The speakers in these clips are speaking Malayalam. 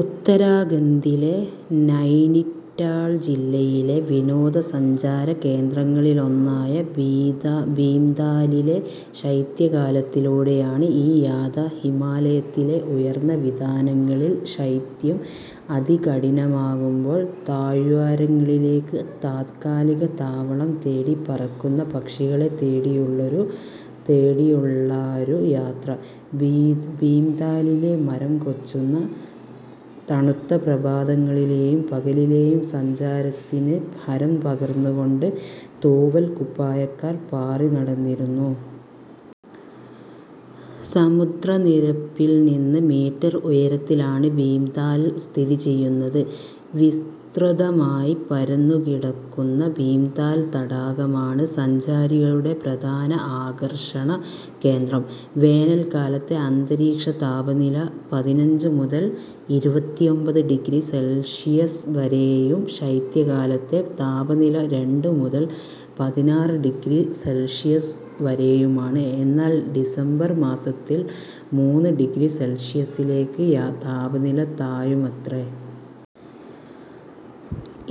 ഉത്തരാഖണ്ഡിലെ നൈനിറ്റാള്‍ ജില്ലയിലെ വിനോദസഞ്ചാര കേന്ദ്രങ്ങളിലൊന്നായ ഭീംതാലിലെ ശൈത്യകാലത്തിലൂടെയാണ് ഈ യാത. ഹിമാലയത്തിലെ ഉയര്‍ന്ന വിതാനങ്ങളിൽ ശൈത്യം അതികഠിനമാകുമ്പോൾ താഴ്വാരങ്ങളിലേക്ക് താത്കാലിക താവളം തേടി പറക്കുന്ന പക്ഷികളെ തേടിയുള്ളാരു യാത്ര. ഭീംതാലിലെ മരം കോച്ചുന്ന തണുത്ത പ്രഭാതങ്ങളിലെയും പകലിലെയും സഞ്ചാരത്തിന് ഹരം പകര്‍ന്നുകൊണ്ട് തൂവല്‍ കുപ്പായക്കാർ പാറിനടന്നിരുന്നു. സമുദ്രനിരപ്പിൽ നിന്ന് മീറ്റര്‍ ഉയരത്തിലാണ് ഭീംതാല് സ്ഥിതി ചെയുന്നത്. വിസ്തൃതമായി പരന്നുകിടക്കുന്ന ഭീംതാൽ തടാകമാണ് സഞ്ചാരികളുടെ പ്രധാന ആകര്‍ഷണ കേന്ദ്രം. വേനല്‍ക്കാലത്തെ അന്തരീക്ഷ താപനില പതിനഞ്ചു മുതല്‍ ഇരുപത്തിഒമ്പത് ഡിഗ്രി സെൽഷിയസ് വരെയും ശൈത്യകാലത്തെ താപനില രണ്ട് മുതൽ പതിനാറ് ഡിഗ്രി സെൽഷിയസ് വരെയുമാണ്. എന്നാല്‍ ഡിസംബര്‍ മാസത്തില്‍ മൂന്ന് ഡിഗ്രി സെൽഷിയസിലേക്ക് താപനില താഴുമത്രേ.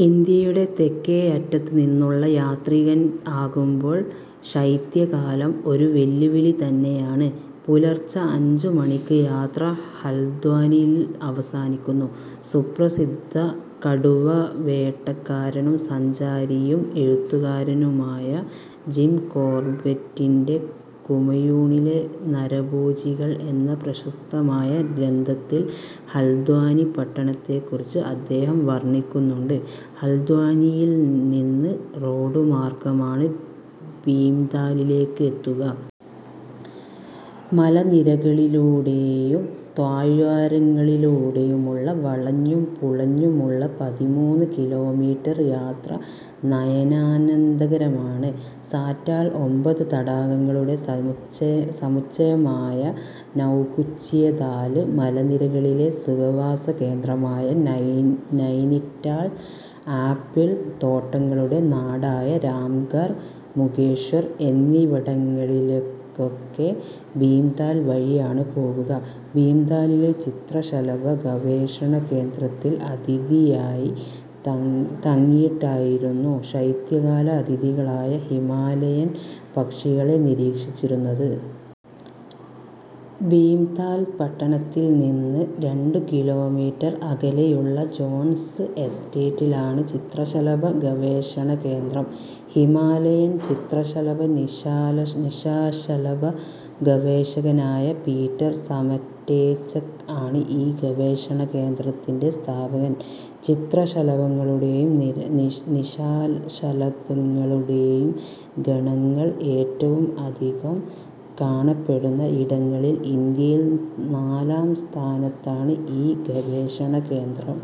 ഇന്ത്യയുടെ തെക്കേയറ്റത്തുനിന്നുള്ള യാത്രികൻ ആകുമ്പോള്‍ ശൈത്യകാലം ഒരു വെല്ലുവിളി തന്നെയാണ്. പുലര്‍ച്ചെ അഞ്ചു മണിക്ക് യാത്ര ഹല്ദ്വാനിയില് അവസാനിക്കുന്നു. സുപ്രസിദ്ധ കടുവവേട്ടക്കാരനും സഞ്ചാരിയും എഴുത്തുകാരനുമായ ജിം കോർബെറ്റിന്റെ ' കുമയൂണിലെ നരഭോജികൾ ' എന്ന പ്രശസ്തമായ ഗ്രന്ഥത്തില്‍ ഹല്ദ്വാനി പട്ടണത്തെക്കുറിച്ച് അദ്ദേഹം വർണ്ണിക്കുന്നുണ്ട്. ഹല്ദ്വാനിയില്നിന്ന് റോഡുമാർഗമാണ് ഭീംതാലിലേക്ക് എത്തുക. മലനിരകളിലൂടെയും താഴ്വാരങ്ങളിലൂടെയുമുള്ള വളഞ്ഞും പുളഞ്ഞുമുള്ള പതിമൂന്ന് കിലോമീറ്റര്‍ യാത്ര നയനാനന്ദകരമാണ്. സാറ്റാള്, ഒമ്പതു തടാകങ്ങളുടെ സമുച്ചയമായ നൗകുച്ചിയതാല് മലനിരകളിലെ സുഖവാസകേന്ദ്രമായ നൈനിറ്റാള്‍, ആപ്പിള്‍ തോട്ടങ്ങളുടെ നാടായ രാംഘർ, മുകേശ്വർ എന്നിവിടങ്ങളിലേക്കൊക്കെ ഭീംതാല് വഴിയാണ് പോകുക. ഭീംതാലിലെ ചിത്രശലഭ ഗവേഷണകേന്ദ്രത്തിൽ അതിഥിയായി തങ്ങിയിട്ടായിരുന്നു ശൈത്യകാല അതിഥികളായ ഹിമാലയൻ പക്ഷികളെ നിരീക്ഷിച്ചിരുന്നത്. ഭീംതാൽ പട്ടണത്തില്നിന്ന് രണ്ടു കിലോമീറ്റര്‍ അകലെയുള്ള ജോണ്‍സ് എസ്റ്റേറ്റിലാണ് ചിത്രശലഭ ഗവേഷണകേന്ദ്രം. ഹിമാലയൻ ചിത്രശലഭ-നിശാശലഭ ഗവേഷകനായ പീറ്റര്‍ സമറ്റേച്ചെക് ആണ് ഈ ഗവേഷണ കേന്ദ്രത്തിന്‍റെ സ്ഥാപകൻ. ചിത്രശലഭങ്ങളുടെയും നിശാശലഭങ്ങളുടെയും ഗണങ്ങള്‍ ഏറ്റവും അധികം കാണപ്പെടുന്ന ഇടങ്ങളില്‍ ഇന്ത്യയില്‍ നാലാം സ്ഥാനത്താണ് ഈ ഗവേഷണ കേന്ദ്രം.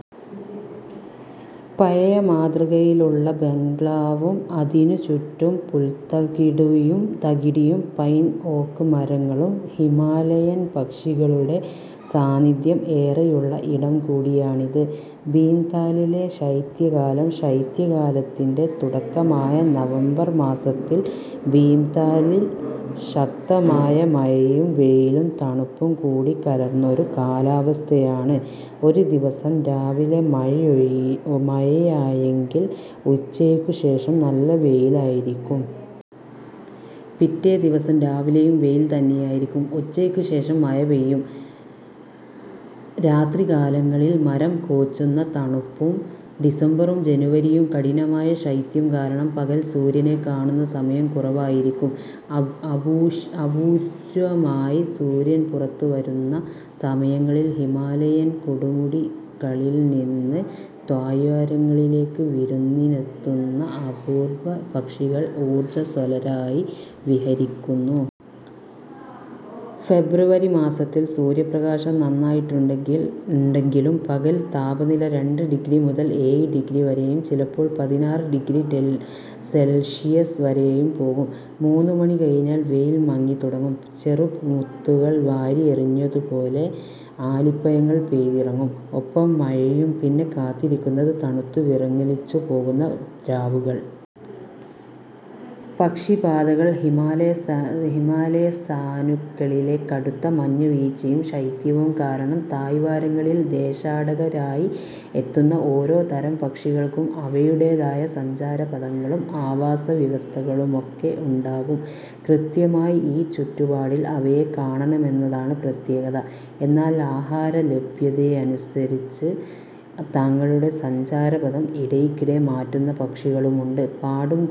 പഴയ മാതൃകയിലുള്ള ബംഗ്ലാവും അതിനു ചുറ്റും പുൽത്തകിടിയും പൈൻ ഓക്ക് മരങ്ങളും ഹിമാലയന്‍ പക്ഷികളുടെ സാന്നിധ്യം ഏറെയുള്ള ഇടം കൂടിയാണിത്. ഭീംതാലിലെ ശൈത്യകാലം ശൈത്യകാലത്തിന്റെ തുടക്കമായ നവംബര്‍ മാസത്തില്‍ ഭീംതാലിൽ ശക്തമായ മഴയും വെയിലും തണുപ്പും കൂടിക്കലര്‍ന്നൊരു കാലാവസ്ഥയാണ്. ഒരു ദിവസം രാവിലെ മഴയായെങ്കില്‍ ഉച്ചയ്ക്കുശേഷം നല്ല വെയിലായിരിക്കും. പിറ്റേ ദിവസം രാവിലെയും വെയില്‍ തന്നെയായിരിക്കും. ഉച്ചയ്ക്കുശേഷം മഴപെയ്യും. രാത്രികാലങ്ങളിൽ മരം കോച്ചുന്ന തണുപ്പും. ഡിസംബറും ജനുവരിയും കഠിനമായ ശൈത്യം കാരണം പകല്‍ സൂര്യനെ കാണുന്ന സമയം കുറവായിരിക്കും. അപൂര്വമായി സൂര്യൻ പുറത്തുവരുന്ന സമയങ്ങളില്‍ ഹിമാലയന്‍ കൊടുമുടികളില്നിന്ന് താഴ്വാരങ്ങളിലേക്ക് വിരുന്നിനെത്തുന്ന അപൂര്‍വ പക്ഷികള്‍ ഊർജ സ്വലരായി വിഹരിക്കുന്നു. ഫെബ്രുവരി മാസത്തില്‍ സൂര്യപ്രകാശം നന്നായിട്ടുണ്ടെങ്കിലും പകല്‍ താപനില രണ്ട് ഡിഗ്രി മുതല്‍ ഏഴ് ഡിഗ്രി വരെയും ചിലപ്പോള്‍ പതിനാറ് ഡിഗ്രി സെൽഷിയസ് വരെയും പോകും. മൂന്നുമണി കഴിഞ്ഞാല്‍ വെയില്‍ മങ്ങിത്തുടങ്ങും. ചെറു മുത്തുകള്‍ വാരി എറിഞ്ഞതുപോലെ ആലിപ്പഴങ്ങള്‍ പെയ്തിറങ്ങും. ഒപ്പം മഴയും. പിന്നെ കാത്തിരിക്കുന്നത്, തണുത്തു വിറങ്ങലിച്ചു പോകുന്ന രാവുകള്‍. പക്ഷി പാതകള്‍ ഹിമാലയസാനുക്കളിലെ കടുത്ത മഞ്ഞുവീഴ്ചയും ശൈത്യവും കാരണം താഴ് വാരങ്ങളില്‍ ദേശാടകരായി എത്തുന്ന ഓരോ തരം പക്ഷികള്‍ക്കും അവയുടെതായ സഞ്ചാരപഥങ്ങളും ആവാസവ്യവസ്ഥകളുമൊക്കെ ഉണ്ടാകും. കൃത്യമായി ഈ ചുറ്റുപാടില്‍ അവയെ കാണാമെന്നതാണ് പ്രത്യേകത. എന്നാല്‍ ആഹാരലഭ്യതയനുസരിച്ച് തങ്ങളുടെ സഞ്ചാരപഥം ഇടയ്ക്കിടെ മാറ്റുന്ന പക്ഷികളുമുണ്ട്. പാടും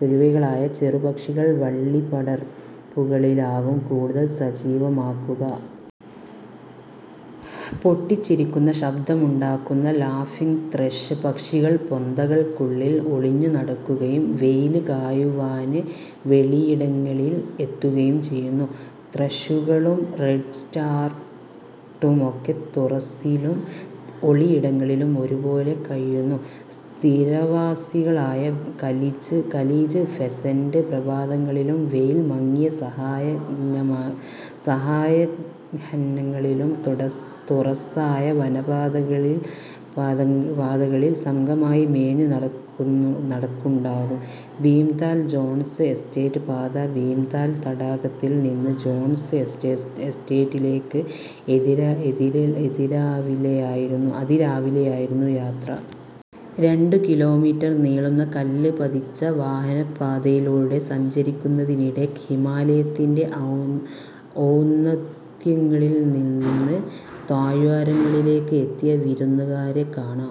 കുരുവികളായ ചെറുപക്ഷികള് വള്ളിപ്പടർപ്പുകളിലാകും കൂടുതല്‍ സജീവമാകുക. പൊട്ടിച്ചിരിക്കുന്ന ശബ്ദമുണ്ടാക്കുന്ന ലാഫിങ്ത്രഷ് പക്ഷികള് പൊന്തകള്ക്കുള്ളില് ഒളിഞ്ഞു നടക്കുകയും വെയില് കായുവാന് വെളിയിടങ്ങളില് എത്തുകയും ചെയ്യുന്നു. ത്രഷുകളും റെഡ് സ്റ്റാർട്ടുമൊക്കെ തുറസ്സിലും ഒളിയിടങ്ങളിലും ഒരുപോലെ കഴിയുന്നു. സ്ഥിരവാസികളായ ഖലീജ് ഫെസന്റ് പ്രഭാതങ്ങളിലും വെയില്‍ മങ്ങിയ സായാഹ്നങ്ങളിലും തുറസ്സായ വനപാതകളിൽ സംഘമായി മേഞ്ഞുനടക്കുണ്ടാകും. ഭീംതാൽ ജോണ്‍സ് എസ്റ്റേറ്റ് പാത ഭീംതാൽ തടാകത്തില്‍ നിന്ന് ജോണ്‍സ് എസ്റ്റേറ്റിലേക്ക് അതിരാവിലെയായിരുന്നു യാത്ര. രണ്ടു കിലോമീറ്റര്‍ നീളുന്ന കല്ല് പതിച്ച വാഹനപാതയിലൂടെ സഞ്ചരിക്കുന്നതിനിടെ ഹിമാലയത്തിന്‍റെ ഔന്നത്യങ്ങളില്നിന്ന് താഴ്വാരങ്ങളിലേക്ക് എത്തിയ വിരുന്നുകാരെ കാണാം.